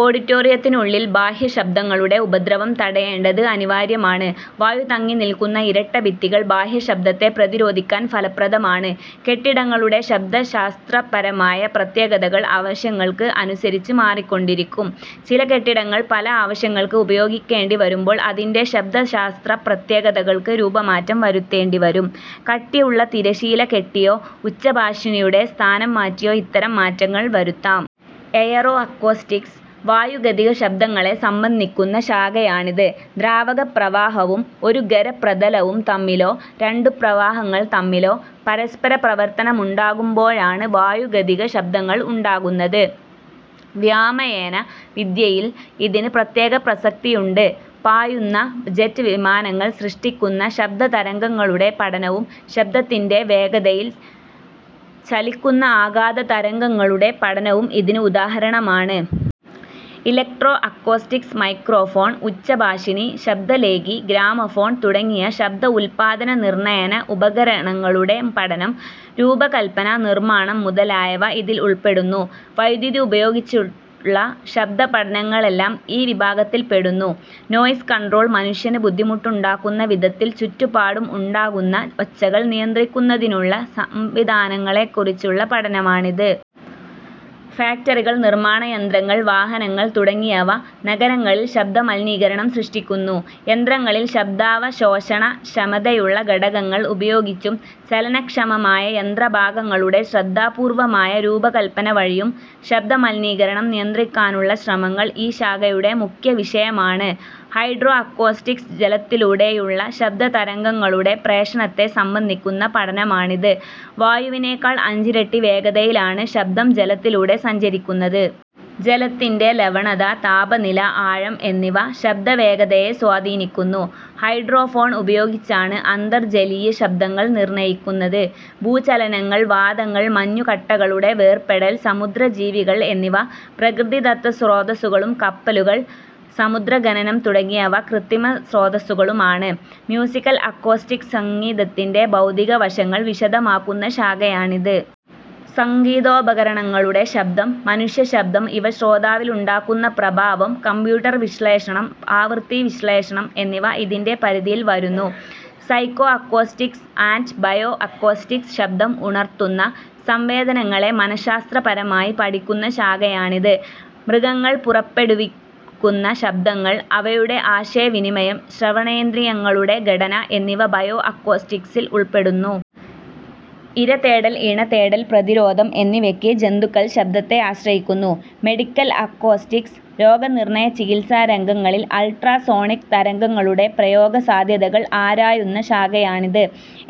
ഓഡിറ്റോറിയത്തിനുള്ളിൽ ബാഹ്യശബ്ദങ്ങളുടെ ഉപദ്രവം തടയേണ്ടത് അനിവാര്യമാണ്. വായു തങ്ങിനിൽക്കുന്ന ഇരട്ട ഭിത്തികൾ ബാഹ്യശബ്ദത്തെ പ്രതിരോധിക്കാൻ ഫലപ്രദമാണ്. കെട്ടിടങ്ങളുടെ ശബ്ദശാസ്ത്രപരമായ പ്രത്യേകതകൾ ആവശ്യങ്ങൾക്ക് അനുസരിച്ച് മാറിക്കൊണ്ടിരിക്കും. ചില കെട്ടിടങ്ങൾ പല ആവശ്യങ്ങൾക്ക് ഉപയോഗിക്കേണ്ടിവരുമ്പോൾ അതിൻ്റെ ശബ്ദശാസ്ത്ര പ്രത്യേകതകൾക്ക് രൂപമാറ്റം വരുത്തേണ്ടിവരും. കട്ടിയുള്ള തിരശ്ശീല കെട്ടിയോ ഉച്ചഭാഷിണിയുടെ സ്ഥാനം മാറ്റിയോ ഇത്തരം മാറ്റങ്ങൾ വരുത്താം. എയറോഅക്കോസ്റ്റിക്സ് വായുഗതിക ശബ്ദങ്ങളെ സംബന്ധിക്കുന്ന ശാഖയാണിത്. ദ്രാവക പ്രവാഹവും ഒരു ഖര പ്രതലവും തമ്മിലോ രണ്ടു പ്രവാഹങ്ങൾ തമ്മിലോ പരസ്പര പ്രവർത്തനമുണ്ടാകുമ്പോഴാണ് വായുഗതിക ശബ്ദങ്ങൾ ഉണ്ടാകുന്നത്. വ്യോമയാന വിദ്യയിൽ ഇതിന് പ്രത്യേക പ്രസക്തിയുണ്ട്. പായുന്ന ജെറ്റ് വിമാനങ്ങൾ സൃഷ്ടിക്കുന്ന ശബ്ദതരംഗങ്ങളുടെ പഠനവും ശബ്ദത്തിൻ്റെ വേഗതയിൽ ചലിക്കുന്ന ആഘാത തരംഗങ്ങളുടെ പഠനവും ഇതിന് ഉദാഹരണമാണ്. ഇലക്ട്രോ അക്കോസ്റ്റിക്സ് മൈക്രോഫോൺ, ഉച്ചഭാഷിണി, ശബ്ദലേഖി, ഗ്രാമഫോൺ തുടങ്ങിയ ശബ്ദ ഉൽപ്പാദന നിർണ്ണയന ഉപകരണങ്ങളുടെ പഠനം, രൂപകൽപ്പന, നിർമ്മാണം മുതലായവ ഇതിൽ ഉൾപ്പെടുന്നു. വൈദ്യുതി ഉപയോഗിച്ചുള്ള ശബ്ദപഠനങ്ങളെല്ലാം ഈ വിഭാഗത്തിൽപ്പെടുന്നു. നോയിസ് കൺട്രോൾ മനുഷ്യന് ബുദ്ധിമുട്ടുണ്ടാക്കുന്ന വിധത്തിൽ ചുറ്റുപാടും ഉണ്ടാകുന്ന ഒച്ചകൾ നിയന്ത്രിക്കുന്നതിനുള്ള സംവിധാനങ്ങളെക്കുറിച്ചുള്ള പഠനമാണിത്. ഫാക്ടറികൾ, നിർമ്മാണ യന്ത്രങ്ങൾ, വാഹനങ്ങൾ തുടങ്ങിയവ നഗരങ്ങളിൽ ശബ്ദമലിനീകരണം സൃഷ്ടിക്കുന്നു. യന്ത്രങ്ങളിൽ ശബ്ദാവശോഷണ ക്ഷമതയുള്ള ഘടകങ്ങൾ ഉപയോഗിച്ചും ചലനക്ഷമമായ യന്ത്രഭാഗങ്ങളുടെ ശ്രദ്ധാപൂർവ്വമായ രൂപകൽപ്പന വഴിയും ശബ്ദമലിനീകരണം നിയന്ത്രിക്കാനുള്ള ശ്രമങ്ങൾ ഈ ശാഖയുടെ മുഖ്യ വിഷയമാണ്. ഹൈഡ്രോ അക്കോസ്റ്റിക്സ് ജലത്തിലൂടെയുള്ള ശബ്ദതരംഗങ്ങളുടെ പ്രേഷണത്തെ സംബന്ധിക്കുന്ന പഠനമാണിത്. വായുവിനേക്കാൾ അഞ്ചിരട്ടി വേഗതയിലാണ് ശബ്ദം ജലത്തിലൂടെ സഞ്ചരിക്കുന്നത്. ജലത്തിൻ്റെ ലവണത, താപനില, ആഴം എന്നിവ ശബ്ദവേഗതയെ സ്വാധീനിക്കുന്നു. ഹൈഡ്രോഫോൺ ഉപയോഗിച്ചാണ് അന്തർജലീയ ശബ്ദങ്ങൾ നിർണ്ണയിക്കുന്നത്. ഭൂചലനങ്ങൾ, വാതങ്ങൾ, മഞ്ഞുകട്ടകളുടെ വേർപെടൽ, സമുദ്രജീവികൾ എന്നിവ പ്രകൃതിദത്ത സ്രോതസ്സുകളും കപ്പലുകൾ, സമുദ്ര ഖനനം തുടങ്ങിയവ കൃത്രിമ സ്രോതസ്സുകളുമാണ്. മ്യൂസിക്കൽ അക്കോസ്റ്റിക്സ് സംഗീതത്തിൻ്റെ ഭൗതിക വശങ്ങൾ വിശദമാക്കുന്ന ശാഖയാണിത്. സംഗീതോപകരണങ്ങളുടെ ശബ്ദം, മനുഷ്യശബ്ദം ഇവ ശ്രോതാവിലുണ്ടാക്കുന്ന പ്രഭാവം, കമ്പ്യൂട്ടർ വിശ്ലേഷണം, ആവൃത്തി വിശ്ലേഷണം എന്നിവ ഇതിൻ്റെ പരിധിയിൽ വരുന്നു. Psycho acoustics and bio acoustics ശബ്ദം ഉണർത്തുന്ന സംവേദനങ്ങളെ മനഃശാസ്ത്രപരമായി പഠിക്കുന്ന ശാഖയാണിത്. മൃഗങ്ങൾ പുറപ്പെടുവിക്കുന്ന ശബ്ദങ്ങൾ, അവയുടെ ആശയവിനിമയം, ശ്രവണേന്ദ്രിയങ്ങളുടെ ഘടന എന്നിവ ബയോ അക്കോസ്റ്റിക്സിൽ ഉൾപ്പെടുന്നു. ഇരതേടൽ, ഇണതേടൽ, പ്രതിരോധം എന്നിവയ്ക്ക് ജന്തുക്കൾ ശബ്ദത്തെ ആശ്രയിക്കുന്നു. മെഡിക്കൽ അക്കോസ്റ്റിക്സ് രോഗനിർണ്ണയ-ചികിത്സാരംഗങ്ങളിൽ അൾട്രാസോണിക് തരംഗങ്ങളുടെ പ്രയോഗസാധ്യതകൾ ആരായുന്ന ശാഖയാണിത്.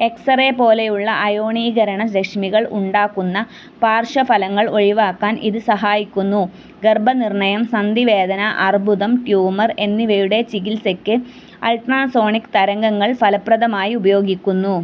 എക്സ്-റേ പോലെയുള്ള അയോണീകരണ രശ്മികൾ ഉണ്ടാക്കുന്ന പാർശ്വഫലങ്ങൾ ഒഴിവാക്കാൻ ഇത് സഹായിക്കുന്നു. ഗർഭനിർണ്ണയം, സന്ധിവേദന, അർബുദം, ട്യൂമർ എന്നിവയുടെ ചികിത്സയ്ക്ക് അൾട്രാസോണിക് തരംഗങ്ങൾ ഫലപ്രദമായി ഉപയോഗിക്കുന്നു.